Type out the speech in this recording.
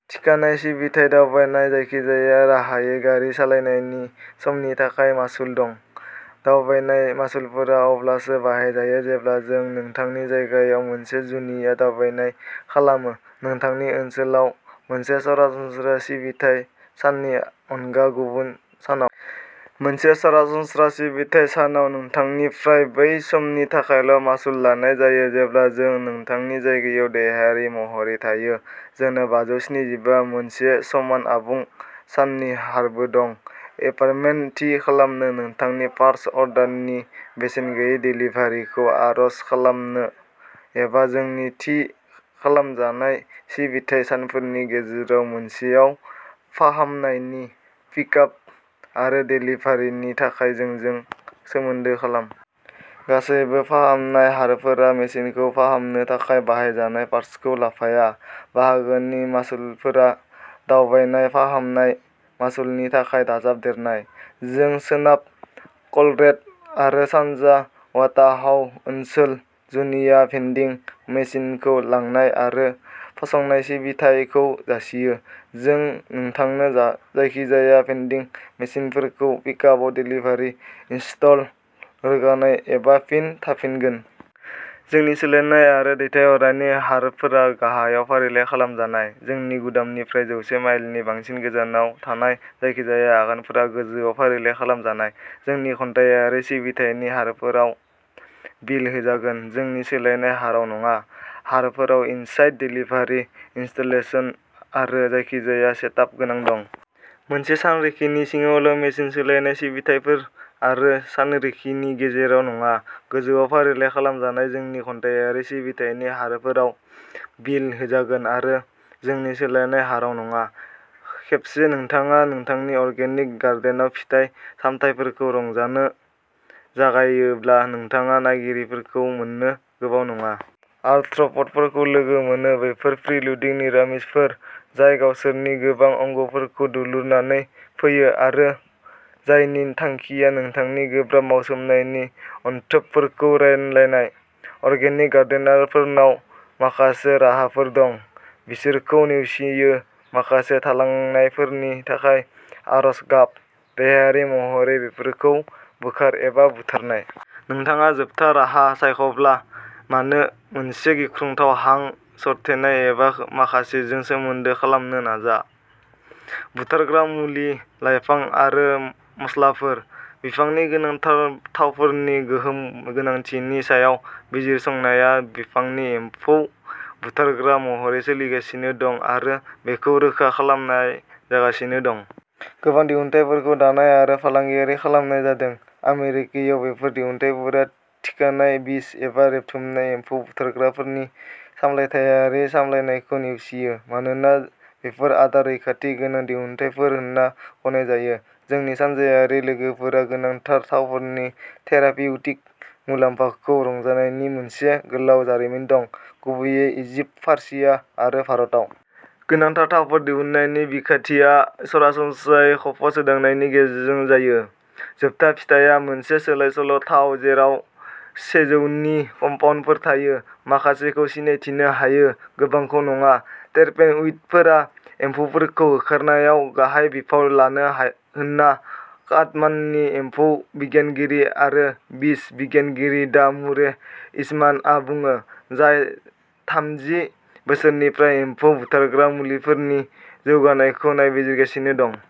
थिखानाय सिबिथाय दावबायनाय, जायखिजाया राहायै गारि सालायनायनि सम नि थाखाय मासुल दं। दावबायनाय मासुलफोरा अब्लासो बाहायजायो जेब्ला जों नोंथांनि जायगायाव मोनसे जुनिया दावबायनाय खालामो, नोंथांनि ओनसोलाव मोनसे सरासनस्रा सिबिथाइ साननि अनगा गुबुन सानाव। मोनसे सरासनस्रा सिबिथाइ सानाव नों थांनिफ्राय बै समनि थाखायल'मासुल लानाय जायो जेब्ला जों नोंथांनि जायगायाव देहायारि महरै थायो। जोंनाव बाजौन्सिजिबा मोनसे समान, आबुं साननि हारबो दं। एपइन्टमेन्ट थि खालामनो, नोंथांनि पार्ट्स अर्डारनि बेसेन गैयै देलिभारिखौ आर'ज खालामनो, एबा जोंनि थि खालामजानाय सिबिथाइ सानफोरनि गेजेराव मोनसेआव फाहामनायनि पिकआप आरो देलिभारिनि थाखाय जोंजों सोमोन्दो खालाम। गासैबो फाहामनाय हारफोरा मेसिनखौ फाहामनो थाखाय बाहायजानाय पार्ट्सखौ लाफाया। बाहागोनि मासुलफोरा दावबायनाय फाहामनाय मासुलनि थाखाय दाजाबदेरनाय। जों सोनाब कलरेड' आरो सानजा उटाहआव मोनसेल' जुनिया भेन्डिं मेसिनखौ लांनाय आरो फसंनाय सिबिथाइखौ जासियो। जों नोंथांनो जा-जायखिजाया भेन्डिं मेसिनफोरखौ पिकआप, देलिभारि, इनस्टल, रोगानाय, एबा फिन थाफिनगोन। जोंनि सोलायनाय आरो दैथायहरनायनि हारफोरा गाहायाव फारिलाइ खालामजानाय। जोंनि गुदामनिफ्राय जौसे माइलनि बांसिन गोजानाव थानाय जायखिजाया आगानफोरा गोजौआव फारिलाइ खालामजानाय जोंनि घन्टाआरि सिबिथायनि हारफोराव बिल होजागोन, जोंनि सोलायनाय हारआव नङा। हारफोराव इनसाइड देलिभारि, इनस्टलेशन आरो जायखिजाया सेटआप गोनां दं। मोनसे सानरिखिनि सिङावल' मेसिन सोलायनाय सिबिथाइफोर, आरो सानरिखिनि गेजेराव नङा, गोजौआव फारिलाइ खालामजानाय जोंनि घन्टाआरि सिबिथायनि हारफोराव बिल होजागोन, आरो जोंनि सोलायनाय हाराव नङा। खेबसे नोंथाङा नोंथांनि अर्गेनिक गार्डेनआव फिथाइ सामथाइफोरखौ रंजानो जागायोब्ला, नोंथाङा नायगिरिफोरखौ मोन्नो गोबाव नङा। आर्थ्र'प'डफोरखौ लोगो मोन। बैफोर फ्रिल'डिं निरामिसफोर जाय गावसोरनि गोबां अंगफोरखौ दुलुरनानै फैयो आरो जायनि थांखिया नोंथांनि गोब्राब मावसोमनायनि अनथोबफोरखौ रानलायनाय। अर्गेनिक गार्डेनारफोरनाव माखासे राहाफोर दं। बिसोरखौ नेवसियो माखासे थालांनायफोरनि थाखाय आरज गाब। देहायारि महरै बेफोरखौ बोखार, एबा, बुथारनाय। नोंथाङा जोबथा राहा सायख'ब्ला, मानो मोनसे गिख्रंथाव हां सरथेनाय एबा माखासेजों सोमोन्दो खालामनो नाजा। बुथारग्रा मुलि लाइफां आरो मस्लाफोर। बिफांनि गोनांथार थावफोरनि गोहोम गोनांथिनि सायाव बिजिरसंनाया बिफांनि एम्फौ बुथारग्रा महरै सोलिगासिनो दं आरो बेखौ रोखा खालामनाय जागासिनो दं। गोबां दिहुनथायफोरखौ दानाय आरो फालांगियारि खालामनाय जादों। आमेरिकायाव, बेफोर दिहुनथायफोरा थिखानाय बिस एबा रेबथुमनाय एम्फौ बुथारग्राफोरनि सामलायथायारि सामलायनायखौ नेवसियो मानोना बेफोरो आदार रैखाथि गोनां दिहुनथायफोर होनना गनायजायो। जोंनि सानजाआरि लोगोफोरा गोनांथार थावफोरनि थेरापिउटिक मुलाम्फाखौ रंजानायनि मोनसे गोलाव जारिमिन दं, गुबैयै इजिप्ट, फारसिया आरो भारतआव। गोनांथार थावफोर दिहुननायनि बिखान्थिया सरासनस्रायै खफ'सोदांनायनि गेजेरजों जायो। जोबथा फिथाया मोनसे सोलायसोल' थाव जेराव सेजौ नि कम्पाउन्डफोर थायो, माखासेखौ सिनायथिनो हायो, गोबांखौ नङा। टेरपेनइडफोरा एम्फौफोरखौ होखारनायाव गाहाय बिफाव लायो हयो होनना कानाडानि एम्फौ बिगियानगिरि आरो बिस बिगियानगिरि ड मुरे इसमानआ बुङो, जाय थामजि बोसोरफोरनिफ्राय एम्फौ बुथारग्रा मुलिफोरनि जौगानायखौ नायबिजिरगासिनो दं।